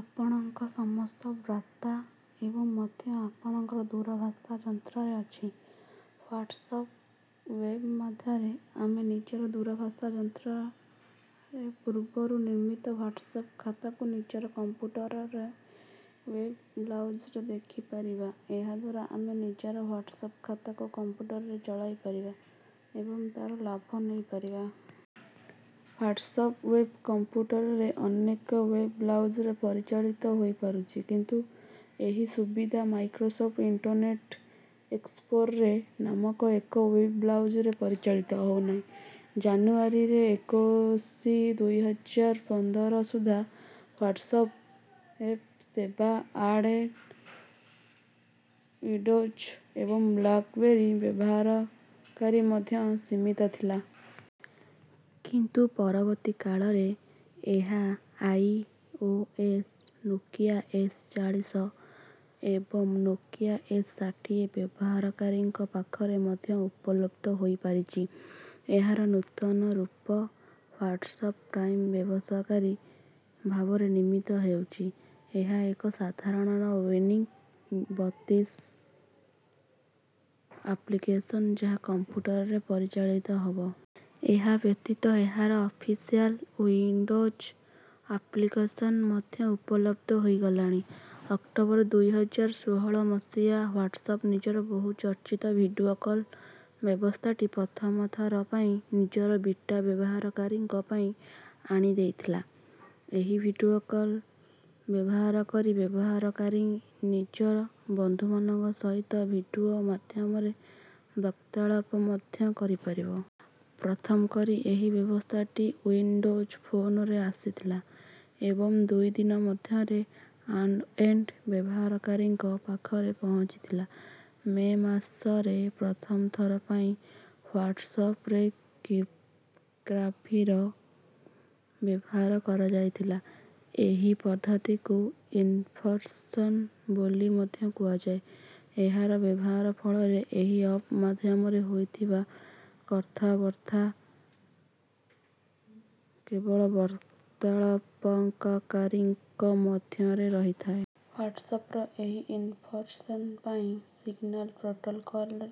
ଆପଣଙ୍କ ସମସ୍ତ ବାର୍ତ୍ତା ଏବେ ମଧ୍ୟ ଆପଣଙ୍କ ଦୂରଭାଷ ଯନ୍ତ୍ରରେ ଅଛି। ହ୍ୱାଟ୍ସଆପ ୱେବ୍ ମାଧ୍ୟମରେ ଆମେ ନିଜର ଦୂରଭାଷ ଯନ୍ତ୍ରରେ ପୂର୍ବରୁ ନିର୍ମିତ ହ୍ୱାଟ୍ସଆପ ଖାତାକୁ ନିଜର କମ୍ପ୍ୟୁଟରର ୱେବ ବ୍ରାଉଜରରେ ଦେଖିପାରିବା। ଏହାଦ୍ୱାରା ଆମେ ନିଜର ହ୍ୱାଟ୍ସଆପ ଖାତାକୁ କମ୍ପ୍ୟୁଟରରେ ଚଳାଇପାରିବା ଏବଂ ତାର ଲାଭ ନେଇପାରିବା। ହ୍ୱାଟ୍ସଆପ ୱେବ୍ କମ୍ପ୍ୟୁଟରରେ ଅନେକ ୱେବ୍ ବ୍ରାଉଜରେ ପରିଚାଳିତ ହୋଇପାରୁଛି କିନ୍ତୁ ଏହି ସୁବିଧା ମାଇକ୍ରୋସଫ୍ଟ୍ ଇଣ୍ଟରନେଟ ଏକ୍ସପ୍ଲୋରର୍ ନାମକ ଏକ ୱେବ୍ ବ୍ରାଉଜରରେ ପରିଚାଳିତ ହେଉନାହିଁ। ଜାନୁଆରୀ ଏକୋଇଶି ଦୁଇ ହଜାର ପନ୍ଦର ସୁଦ୍ଧା ହ୍ୱାଟ୍ସଆପ ୱେବ୍ ସେବା ଆଣ୍ଡ୍ରଏଡ୍ ଓ୍ବିଣ୍ଡୋଜ୍ ଏବଂ ବ୍ଲାକବେରୀ ବ୍ୟବହାରକାରୀ ମଧ୍ୟରେ ସୀମିତ ଥିଲା। କିନ୍ତୁ ପରବର୍ତ୍ତୀ କାଳରେ ଏହା I. O. S Nokia S ଚାଳିଶ ଏବଂ ନୋକିଆ ଏସ୍ ଷାଠିଏ ବ୍ୟବହାରକାରୀଙ୍କ ପାଖରେ ମଧ୍ୟ ଉପଲବ୍ଧ ହୋଇପାରିଛି। ଏହାର ନୂତନ ରୂପ ହ୍ୱାଟ୍ସଆପ ଟାଇମ୍ ବେସରକାରୀ ଭାବରେ ନିର୍ମିତ ହୋଇଛି। ଏହା ଏକ ସାଧାରଣ ଓ୍ବିନ୍ ବତିଶି ଆପ୍ଲିକେସନ୍ ଯାହା କମ୍ପ୍ୟୁଟରରେ ପରିଚାଳିତ ହେବ। ଏହା ବ୍ୟତିତ ଏହାର ଅଫିସିଆଲ ଉଇଣ୍ଡୋଜ ଆପ୍ଲିକସନ ମଧ୍ୟ ଉପଲବଦ୍ଧ ହୋଇଗଲାଣି। ଅକ୍ଟୋବର ଦୁଇ ହଜାର ଷୋହଳ ମସିହାରେ ହ୍ୱାଟ୍ସଆପ ନିଜର ବହୁ ଚର୍ଚିତ ଭିଡିଓ କଲ ବ୍ୟବସ୍ଥାଟି ପ୍ରଥମଥର ପାଇଁ ନିଜର ବିଟା ବ୍ୟବହାରକାରୀଙ୍କ ପାଇଁ ଆଣି ଦେଇଥିଲା। ଏହି ଭିଡିଓ କଲ ବ୍ୟବହାର କରି ବ୍ୟବହାରକାରୀ ନିଜ ବନ୍ଧୁ ମାନଙ୍କ ସହିତ ଭିଡିଓ ମାଧ୍ୟମରେ ବାର୍ତ୍ତାଳାପ ମଧ୍ୟ କରିପାରିବ। ପ୍ରଥମ କରି ଏହି ବ୍ୟବସ୍ଥାଟି ଉଇନ୍ ଡୋଜ୍ ଫୋନରେ ଆସିଥିଲା ଏବଂ ଦୁଇ ଦିନ ମଧ୍ୟରେ ଆଣ୍ଡ୍ରୋଏଡ ବ୍ୟବହାରକାରୀଙ୍କ ପାଖରେ ପହଞ୍ଚିଥିଲା। ମେଇ ମାସରେ ପ୍ରଥମ ଥର ପାଇଁ ହ୍ୱାଟ୍ସଆପରେ କ୍ରିପ୍ଟୋଗ୍ରାଫିର ବ୍ୟବହାର କରାଯାଇଥିଲା। ଏହି ପଦ୍ଧତିକୁ ଏନ୍କ୍ରିପସନ୍ ବୋଲି ମଧ୍ୟ କୁହାଯାଏ। ଏହାର ବ୍ୟବହାର ଫଳରେ ଏହି ଅପ ମାଧ୍ୟମରେ ହୋଇଥିବା କଥା ବାଥା କେବଳ ବାର୍ତ୍ତାଳାପକାରୀଙ୍କ ମଧ୍ୟରେ ରହିଥାଏ। ହ୍ୱାଟ୍ସଆପର ଏହି ଏନ୍କ୍ରିପସନ୍ ପାଇଁ ସିଗନାଲ ପ୍ରୋଟୋକଲର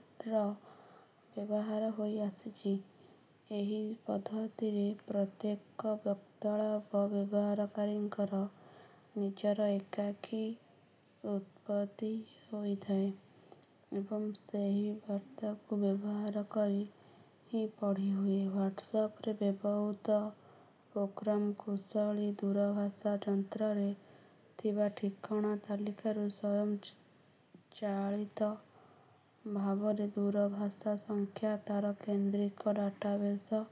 ବ୍ୟବହାର ହୋଇଅସିଛି। ଏହି ପଦ୍ଧତିରେ ପ୍ରତ୍ୟେକ ବାର୍ତ୍ତାଳାପରେ ବ୍ୟବହାରକାରୀଙ୍କର ନିଜର ଏକକୀ ଉତ୍ପତ୍ତି ହୋଇଥାଏ। ଏବଂ ସେହି ବାର୍ତ୍ତାକୁ ବ୍ୟବହାରକରି ହିଁ ପଢି ହୁଏ। ହ୍ୱାଟ୍ସଆପରେ ବ୍ୟବହୃତ ପ୍ରୋଗ୍ରାମ କୁଶଳୀ ଦୂରଭାଷ ଯନ୍ତ୍ରରେ ଥିବା ଠିକଣା ତାଲିକାରୁ ସ୍ୱୟଂଚାଳିତ ଭାବରେ ଦୂରଭାଷ ସଂଖ୍ୟା ତାର କୈନ୍ଦ୍ରିକ ଡାଟାବେଶ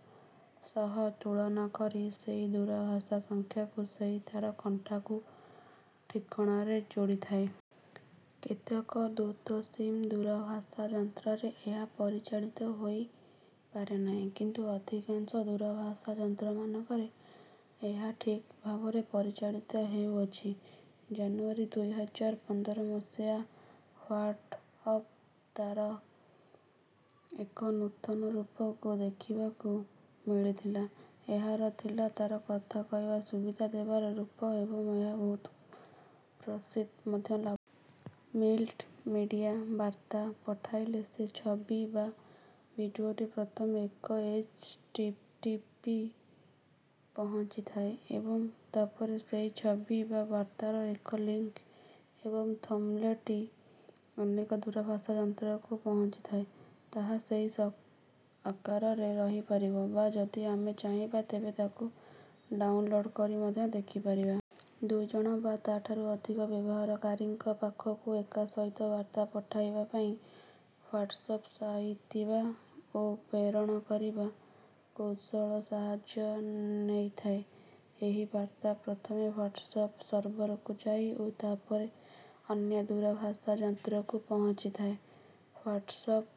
ସହ ତୁଳନା କରି ସେହି ଦୂରଭାଷ ସଂଖ୍ୟାକୁ ସେ ତାର କଣ୍ଟାକୁ ଠିକଣାରେ ଯୋଡି ଥାଏ। କେତେକ ଦ୍ୱୈତ ସିମ୍ ଦୂରଭାଷ ଯନ୍ତ୍ରରେ ଏହା ପରିଚାଳିତ ହୋଇ ପାରେନାହିଁ କିନ୍ତୁ ଅଧିକାଂଶ ଦୂରଭାଷ ଯନ୍ତ୍ରମାନଙ୍କରେ ଏହା ଠିକ ଭାବରେ ପରିଚାଳିତ ହେଉଅଛି। ଜାନୁଆରୀ ଦୁଇ ହଜାର ପନ୍ଦର ମସିହାରେ ହ୍ୱାଟ୍ସଅପ ତାର ଏକ ନୂତନ ରୂପକୁ ଦେଖିବାକୁ ମିଳିଥିଲା। ଏହା ଥିଲା ତାର କଥା କହିବା ସୁବିଧା ଦେବାର ରୂପ ଏବଂ ଏହା ବହୁତ ପ୍ରସିଦ୍ଧି ମଧ୍ୟ ଲାଭ। ମଲ୍ଟି ମିଡିଆ ବାର୍ତ୍ତା ପଠାଇଲେ ସେ ଛବି ବା ଭିଡିଓଟି ପ୍ରଥମେ ଏକ ଏଚଟିଟିପି ପହଞ୍ଚିଥାଏ ଏବଂ ତାପରେ ସେହି ଛବି ବା ବାର୍ତ୍ତାରର ଏକ ଲିଙ୍କ ଏବଂ ଥମ୍ବନେଲଟି ଅନ୍ୟ ଦୂରଭାଷ ଯନ୍ତ୍ରକୁ ପହଞ୍ଚିଥାଏ। ତାହା ସେହି ଆକାରରେ ରହିପାରିବ ବା ଯଦି ଆମେ ଚାହିଁବା ତେବେ ତାକୁ ଡାଉନଲୋଡ କରି ମଧ୍ୟ ଦେଖି ପାରିବା। ଦୁଇ ଜଣ ବା ତା ଠାରୁ ଅଧିକ ବ୍ୟବହାରକାରୀଙ୍କ ପାଖକୁ ଏକାସହିତ ବାର୍ତ୍ତା ପଠେଇବାପାଇଁ ହ୍ୱାଟ୍ସଆପ ସାଇତିବା ଓ ପ୍ରେରଣ କରିବା କୌଶଳର ସାହାଯ୍ୟ ନେଇଥାଏ। ଏହି ବାର୍ତ୍ତା ପ୍ରଥମେ ହ୍ୱାଟ୍ସଆପର ସର୍ଭରକୁ ଯାଏ ଓ ତା ପରେ ଅନ୍ୟ ଦୂରଭାଷ ଯନ୍ତ୍ରକୁ ପହଞ୍ଚିଥାଏ। ହ୍ୱାଟ୍ସଆପ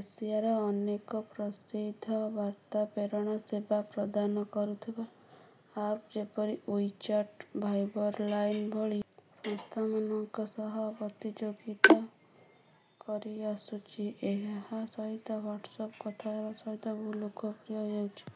ଏସିଆର ଅନେକ ପ୍ରସିଦ୍ଧ ବାର୍ତ୍ତା ପ୍ରେରଣା ସେବା ପ୍ରଦାନ କରୁଥିବା ଆପ୍ ଯେପରି ଉଇ ଚାଟ୍ ଭାଇବର୍ ଲାଇନ ଭଳି ସଂସ୍ଥାମାନଙ୍କ ସହ ପ୍ରତିଯୋଗିତା କରିଆସୁଛି। ଏହା ସହିତ ହ୍ୱାଟ୍ସଆପର କଥା ହେବା ସେବା ବହୁତ ଲୋକପ୍ରିୟ ହୋଇଛି।